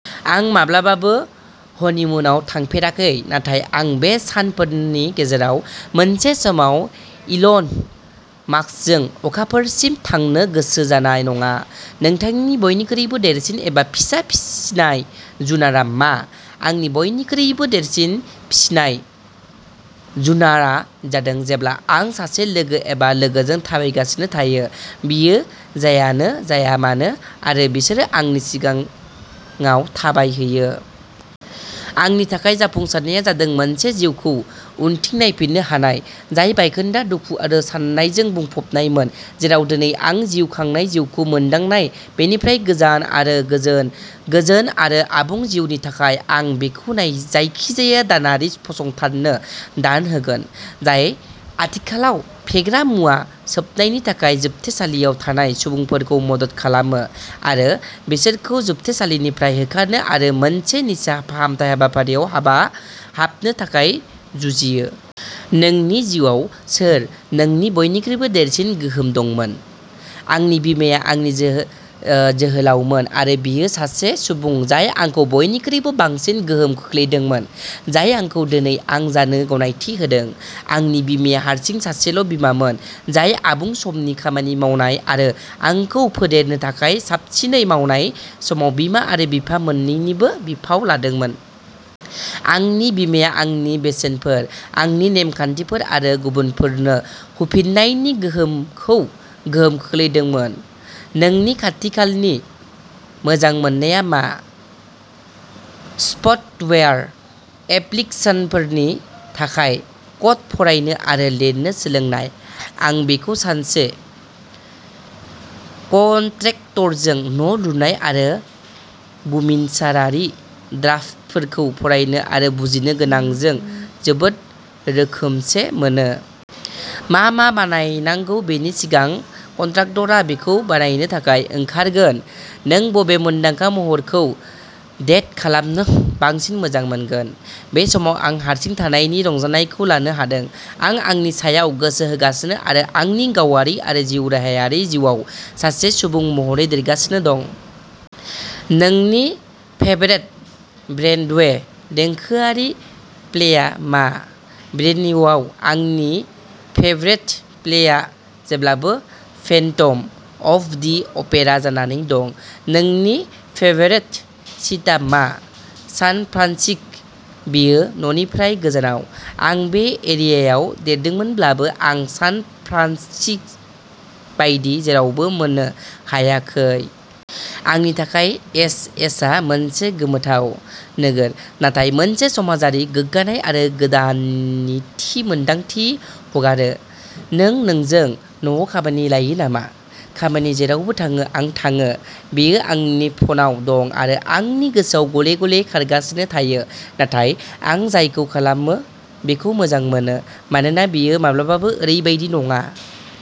आं माब्लाबाबो हनिमुनआव थाफेराखै नाथाय आं बे सानफोरनि गेजेराव मोनसे समाव इलन मास्कजों अखाफोरसिम थांनो गोसो जानाय नङा। नोंथांनि बयनिख्रुइबो देरसिन एबा फिसा फिसिनाय जुनारआ मा? आंनि बयनिख्रुइबो देरसिन फिसिनाय जुनारआ जादों जेब्ला आं सासे लोगो एबा लोगोजों थाबायगासिनो थायो, बियो जायानो जाया मानो आरो बिसोर आंनि सिगाङाव थाबायहैयो। आंनि थाखाय जाफुंसारनाया जादों मोनसे जिउखौ उनथिं नायफिन्नो हानाय, जाय बायखोन्दा, दुखु आरो सानायजों बुंफबनायमोन, जेराव दिनै आं जिउ खांनाय जिउखौ मोनदांनाय बेनिफ्राय गोजान आरो गोजोन, गोजोन आरो आबुं जिउनि थाखाय। आं बेखौ नाय जायखिजाया दानारि फसंथाननो दान होगोन, जाय आथिखालाव फेग्रा मुवा सोबनायनि थाखाय जोबथेसालियाव थानाय सुबुंफोरखौ मदद खालामो आरो बिसोरखौ जोबथेसालिनिफ्राय होखारनो आरो मोनसे निसा फाहामथाय हाबा हाबाफारिआव हाबनो थाखाय जुजियो। नोंनि जिउआव सोर नोंनि बयनिख्रुइबो देरसिन गोहोम दंमोन? आंनि बिमाया आंनि जोहो ओ जोहोलावमोन आरो बियो सासे सुबुं जाय आंखौ बयनिख्रुइबो बांसिन गोहोम खोख्लैदोंमोन, जाय आंखौ दोनै आं जानो गनायथि होदों। आंनि बिमाया हारसिं सासेल' बिमामोन, जाय आबुं समनि खामानि मावनाय आरो आंखौ फोदेरनो थाखाय साबसिनै मावनाय समाव बिमा आरो बिफा मोन्नैनिबो बिफाव लादोंमोन। आंनि बिमाया आंनि बेसेनफोर, आंनि नेम खान्थिफोर आरो गुबुनफोरनो हुफिन्नायनि गोहोखौ गोहोम खोख्लैदोंमोन। नोंनि खाथिखालनि मोजां मोननाया मा? सफ्टवेयार एप्लीकसोनफोरनि थाखाय क'ड फरायनो आरो लिरनो सोलोंनाय। आं बेखौ सानसे कन्ट्रेक्टरजों न' लुनाय आरो बुमिनसारारि ड्राफ्टफोरखौ फरायनो आरो बुजिनो गोनांजों जोबोद रोखोमसे मोनो। मा मा बानायनांगौ बेनि सिगां कन्ट्राक्टरआ बेखौ बारायनो थाखाय ओंखारगोन। नों बबे मोनदांखा महरखौ डेट खालामनो बांसिन मोजां मोनगोन? बे समाव आं हारसिं थानायनि रंजानायखौ लानो हादों, आं आंनि सायाव गोसो होगासिनो आरो आंनि गावारि आरो जिउराहायारि जिउआव सासे सुबुं महरै देरगासिनो दं। नोंनि फेभ्रेट ब्रडवे देंखोआरि प्लेआ मा? ब्रडवेआव आंनि फेभ्रेट प्लेआ जेब्लाबो फेन्टम अफ दि अपेरा जानानै दं। नोंनि फेभरेट सिटीआ मा? सान फ्रान्सिस्क ', बेयो न'निफ्राय गोजानाव । आं बे एरियायाव देरदोंमोनब्लाबो, आं सान फ्रान्सिस्क' बायदि जेरावबो मोननो हायाखै। आंनि थाखाय एस एस आ मोनसे गोमोथाव नोगोर नाथाय मोनसे समाजारि, गोग्गानाय आरो गोदान नि थि मोन्दांथि हगारो। नों नोंजों न'आव खाबानि लायो नामा? खामानि जेरावबो थाङो आं थाङो, बेयो आंनि फनाव दं आरो आंनि गोसोआव गले-गले खारगासिनो थायो, नाथाय आं जायखौ खालामो बेखौ मोजां मोनो, मानोना बेयो माब्लाबाबो ओरैबादि नङा।